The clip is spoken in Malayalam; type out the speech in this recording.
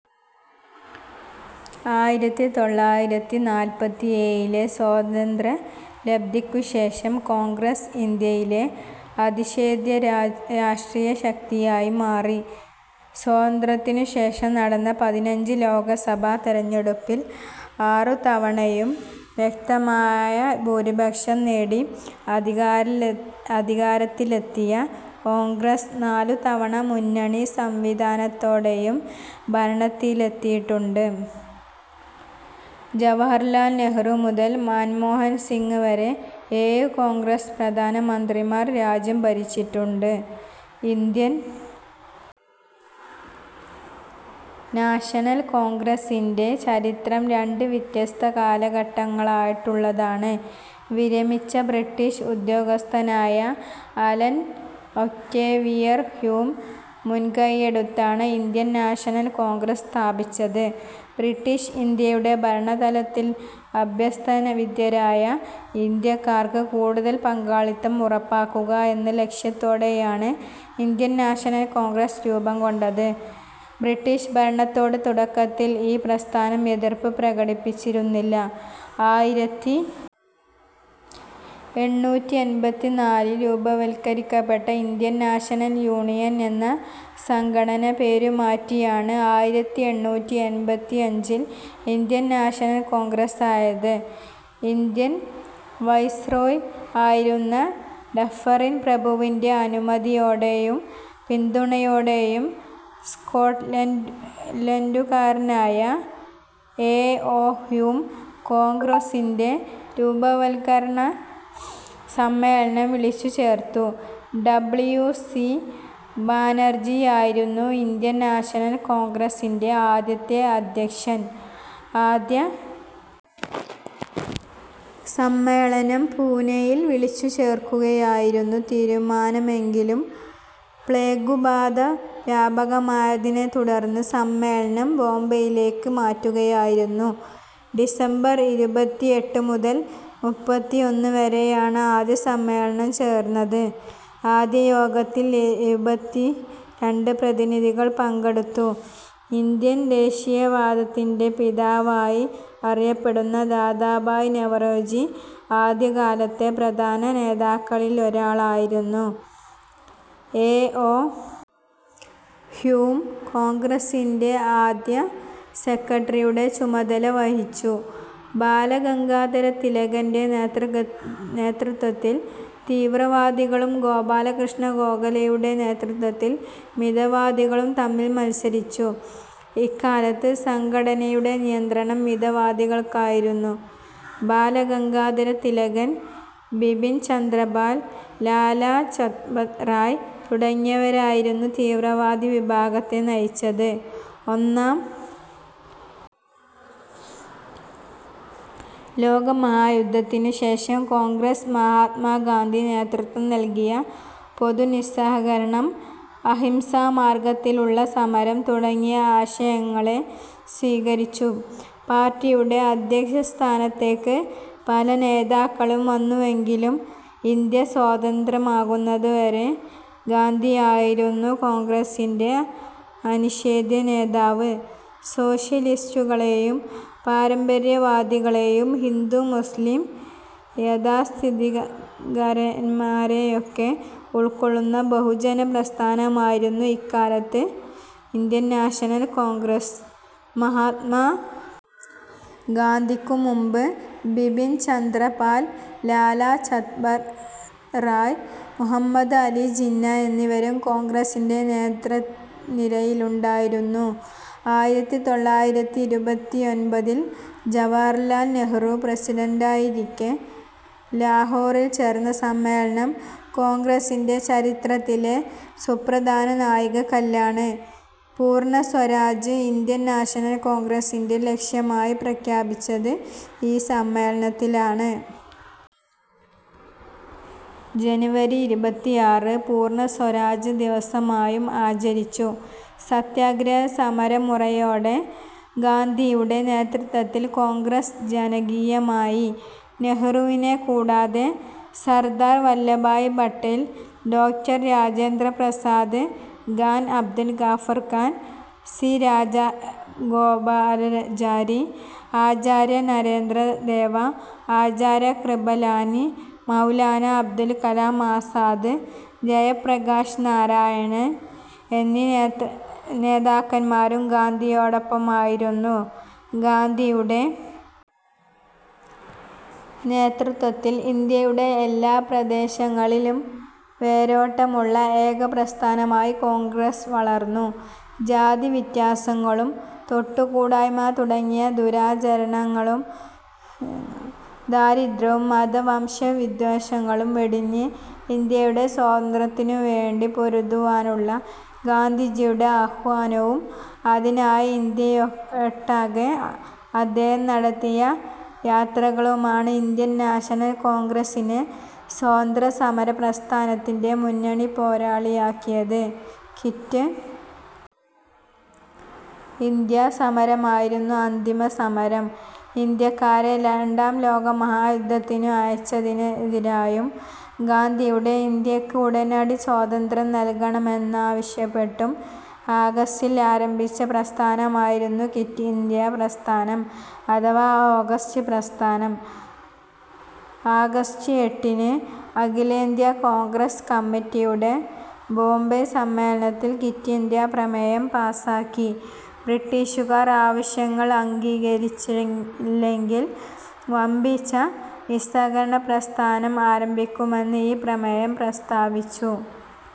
ആയിരത്തി തൊള്ളായിരത്തി നാല്പത്തിയേഴിലെ സ്വാതന്ത്ര്യലബ്ധിക്കു ശേഷം കോൺഗ്രസ് ഇന്ത്യയിലെ അനിഷേധ്യ രാഷ്ട്രീയ ശക്തിയായി മാറി. സ്വാതന്ത്ര്യത്തിനു ശേഷം നടന്ന പതിനഞ്ച് ലോകസഭാ തിരഞ്ഞെടുപ്പിൽ ആറു തവണയും വ്യക്തമായ ഭൂരിപക്ഷം നേടി അധികാരത്തിലെത്തിയ കോൺഗ്രസ് നാലു തവണ മുന്നണി സംവിധാനത്തോടെയും ഭരണത്തിലെത്തിയിട്ടുണ്ട്. ജവഹർലാൽ നെഹ്രു മുതൽ മൻമോഹൻ സിംഗ് വരെ ഏഴു കോൺഗ്രസ് പ്രധാനമന്ത്രിമാർ രാജ്യം ഭരിച്ചിട്ടുണ്ട്. ഇന്ത്യൻ നാഷണൽ കോൺഗ്രസ്സിൻ്റെ ചരിത്രം രണ്ട് വ്യത്യസ്ത കാലഘട്ടങ്ങളായിട്ടുള്ളതാണ്. വിരമിച്ച ബ്രിട്ടീഷ് ഉദ്യോഗസ്ഥനായ അലൻ ഒക്ടേവിയൻ ഹ്യൂം മുൻകൈയെടുത്താണ് ഇന്ത്യൻ നാഷണൽ കോൺഗ്രസ് സ്ഥാപിച്ചത്. ബ്രിട്ടീഷ് ഇന്ത്യയുടെ ഭരണതലത്തിൽ അഭ്യസ്തവിദ്യരായ ഇന്ത്യക്കാർക്ക് കൂടുതൽ പങ്കാളിത്തം ഉറപ്പാക്കുക എന്ന ലക്ഷ്യത്തോടെയാണ് ഇന്ത്യൻ നാഷണൽ കോൺഗ്രസ് രൂപംകൊണ്ടത്. ബ്രിട്ടീഷ് ഭരണത്തോട് തുടക്കത്തിൽ ഈ പ്രസ്ഥാനം എതിർപ്പ് പ്രകടിപ്പിച്ചിരുന്നില്ല. ആയിരത്തി എണ്ണൂറ്റി എൺപത്തിനാലിൽ രൂപവൽക്കരിക്കപ്പെട്ട ഇന്ത്യൻ നാഷണൽ യൂണിയൻ എന്ന സംഘടന പേരുമാറ്റിയാണ് ആയിരത്തി എണ്ണൂറ്റി എൺപത്തിയഞ്ചിൽ ഇന്ത്യൻ നാഷണൽ കോൺഗ്രസായത്. ഇന്ത്യയിലെ വൈസ്രോയ് ആയിരുന്ന ഡഫറിൻ പ്രഭുവിൻ്റെ അനുമതിയോടെയും പിന്തുണയോടെയും സ്കോട്ട്ലൻഡുകാരനായ ഏ. ഓ. ഹ്യൂം കോൺഗ്രസിൻ്റെ രൂപവത്കരണ സമ്മേളനം വിളിച്ചുചേർത്തു. ഡബ്ല്യു. സി. ബാനർജിയായിരുന്നു ഇന്ത്യൻ നാഷണൽ കോൺഗ്രസിൻ്റെ ആദ്യത്തെ അധ്യക്ഷൻ. ആദ്യ സമ്മേളനം പുണെയിൽ വിളിച്ചുചേർക്കാനായിരുന്നു തീരുമാനമെങ്കിലും പ്ലേഗുബാധ വ്യാപകമായതിനെത്തുടർന്ന് സമ്മേളനം ബോംബെയിലേക്ക് മാറ്റുകയായിരുന്നു. ഡിസംബർ ഇരുപത്തിയെട്ടു മുതൽ മുപ്പത്തിയൊന്ന് വരെയാണ് ആദ്യ സമ്മേളനം ചേർന്നത്. ആദ്യ യോഗത്തിൽ എഴുപത്തിരണ്ട് പ്രതിനിധികൾ പങ്കെടുത്തു. ഇന്ത്യൻ ദേശീയവാദത്തിൻ്റെ പിതാവായി അറിയപ്പെടുന്ന ദാദാഭായി നവറോജി ആദ്യകാലത്തെ പ്രധാന നേതാക്കളിലൊരാളായിരുന്നു. ഏ. ഓ. ഹ്യൂം കോൺഗ്രസിൻ്റെ ആദ്യ സെക്രട്ടറിയുടെ ചുമതല വഹിച്ചു. ബാല ഗംഗാധര തിലകൻ്റെ നേതൃത്വത്തിൽ തീവ്രവാദികളും ഗോപാലകൃഷ്ണ ഗോഖലെയുടെ നേതൃത്വത്തിൽ മിതവാദികളും തമ്മിൽ മത്സരിച്ചു. ഇക്കാലത്ത് സംഘടനയുടെ നിയന്ത്രണം മിതവാദികൾക്കായിരുന്നു. ബാല ഗംഗാധര തിലകൻ, ബിപിൻ ചന്ദ്ര പാൽ, ലാലാ ലജ്പത് റായ് തുടങ്ങിയവരായിരുന്നു തീവ്രവാദി വിഭാഗത്തെ നയിച്ചത്. ഒന്നാം ലോകമഹായുദ്ധത്തിനു ശേഷം കോൺഗ്രസ് മഹാത്മാ ഗാന്ധി നേതൃത്വം നൽകിയ പൊതു നിസ്സഹകരണം, അഹിംസാ മാർഗത്തിലുള്ള സമരം തുടങ്ങിയ ആശയങ്ങളെ സ്വീകരിച്ചു. പാർട്ടിയുടെ അധ്യക്ഷ സ്ഥാനത്തേക്ക് പല നേതാക്കളും വന്നുവെങ്കിലും ഇന്ത്യ സ്വതന്ത്രമാകുന്നതുവരെ ഗാന്ധിയായിരുന്നു കോൺഗ്രസിൻ്റെ അനിഷേധ്യ നേതാവ്. സോഷ്യലിസ്റ്റുകളെയും പാരമ്പര്യവാദികളെയും ഹിന്ദു മുസ്ലിം യാഥാസ്ഥിതികരെയുമൊക്കെ ഉൾക്കൊള്ളുന്ന ബഹുജന പ്രസ്ഥാനമായിരുന്നു ഇക്കാലത്ത് ഇന്ത്യൻ നാഷണൽ കോൺഗ്രസ്. മഹാത്മാ ഗാന്ധിക്കു മുൻപ് ബിപിൻ ചന്ദ്ര പാൽ, ലാലാ ലജ്പത് റായ്, മുഹമ്മദ് അലി ജിന്ന എന്നിവരും കോൺഗ്രസിൻ്റെ നേതൃനിരയിലുണ്ടായിരുന്നു. ആയിരത്തി തൊള്ളായിരത്തി ഇരുപത്തിയൊൻപതിൽ ജവഹർലാൽ നെഹ്രു പ്രസിഡന്റായിരിക്കെ ലാഹോറിൽ ചേർന്ന സമ്മേളനം കോൺഗ്രസിൻ്റെ ചരിത്രത്തിലെ സുപ്രധാന നാഴികക്കല്ലാണ്. പൂർണ്ണ സ്വരാജ് ഇന്ത്യൻ നാഷണൽ കോൺഗ്രസിൻ്റെ ലക്ഷ്യമായി പ്രഖ്യാപിച്ചത് ഈ സമ്മേളനത്തിലാണ്. ജനുവരി ഇരുപത്തിയാറ് പൂർണ്ണ സ്വരാജ് ദിവസമായും ആചരിച്ചു. സത്യാഗ്രഹ സമരമുറയോടെ ഗാന്ധിയുടെ നേതൃത്വത്തിൽ കോൺഗ്രസ് ജനകീയമായി. നെഹ്രുവിനെക്കൂടാതെ സർദാർ വല്ലഭായി പട്ടേൽ, ഡോക്ടർ രാജേന്ദ്ര പ്രസാദ്, ഖാൻ അബ്ദുൽ ഗാഫർ ഖാൻ, സി. രാജഗോപാലാചാരി, ആചാര്യ നരേന്ദ്രദേവ, ആചാര്യ കൃപലാനി, മൗലാനാ അബ്ദുൽ കലാം ആസാദ്, ജയപ്രകാശ് നാരായൺ എന്നീ നേതാക്കന്മാരും ഗാന്ധിയോടൊപ്പമുണ്ടായിരുന്നു. ഗാന്ധിയുടെ നേതൃത്വത്തിൽ ഇന്ത്യയുടെ എല്ലാ പ്രദേശങ്ങളിലും വേരോട്ടമുള്ള ഏക പ്രസ്ഥാനമായി കോൺഗ്രസ് വളർന്നു. ജാതിവ്യത്യാസങ്ങളും തൊട്ടുകൂടായ്മ തുടങ്ങിയ ദുരാചാരങ്ങളും ദാരിദ്ര്യവും മത വംശ വിദ്വേഷങ്ങളും വെടിഞ്ഞ് ഇന്ത്യയുടെ സ്വാതന്ത്ര്യത്തിനുവേണ്ടി പൊരുതുവാനുള്ള ഗാന്ധിജിയുടെ ആഹ്വാനവും അതിനായി ഇന്ത്യയൊട്ടാകെ അദ്ദേഹം നടത്തിയ യാത്രകളുമാണ് ഇന്ത്യൻ നാഷണൽ കോൺഗ്രസിനെ സ്വാതന്ത്ര്യസമര പ്രസ്ഥാനത്തിൻ്റെ മുന്നണിപ്പോരാളിയാക്കിയത്. Quit India സമരമായിരുന്നു അന്തിമസമരം. ഇന്ത്യക്കാരെ രണ്ടാം ലോകമഹായുദ്ധത്തിനു അയച്ചതിനെതിരായും ഗാന്ധിയുടെ ഇന്ത്യയ്ക്ക് ഉടനടി സ്വാതന്ത്ര്യം നൽകണമെന്നാവശ്യപ്പെട്ടും ആഗസ്റ്റിൽ ആരംഭിച്ച പ്രസ്ഥാനമായിരുന്നു ക്വിറ്റ് ഇന്ത്യാ പ്രസ്ഥാനം അഥവാ ഓഗസ്റ്റ് പ്രസ്ഥാനം. ആഗസ്റ്റ് എട്ടിന് അഖിലേന്ത്യാ കോൺഗ്രസ് കമ്മിറ്റിയുടെ ബോംബെ സമ്മേളനത്തിൽ ക്വിറ്റ് ഇന്ത്യാ പ്രമേയം പാസാക്കി. ബ്രിട്ടീഷുകാർ ആവശ്യങ്ങൾ അംഗീകരിച്ചില്ലെങ്കിൽ വമ്പിച്ച നിസ്സഹകരണ പ്രസ്ഥാനം ആരംഭിക്കുമെന്ന് ഈ പ്രമേയം പ്രസ്താവിച്ചു.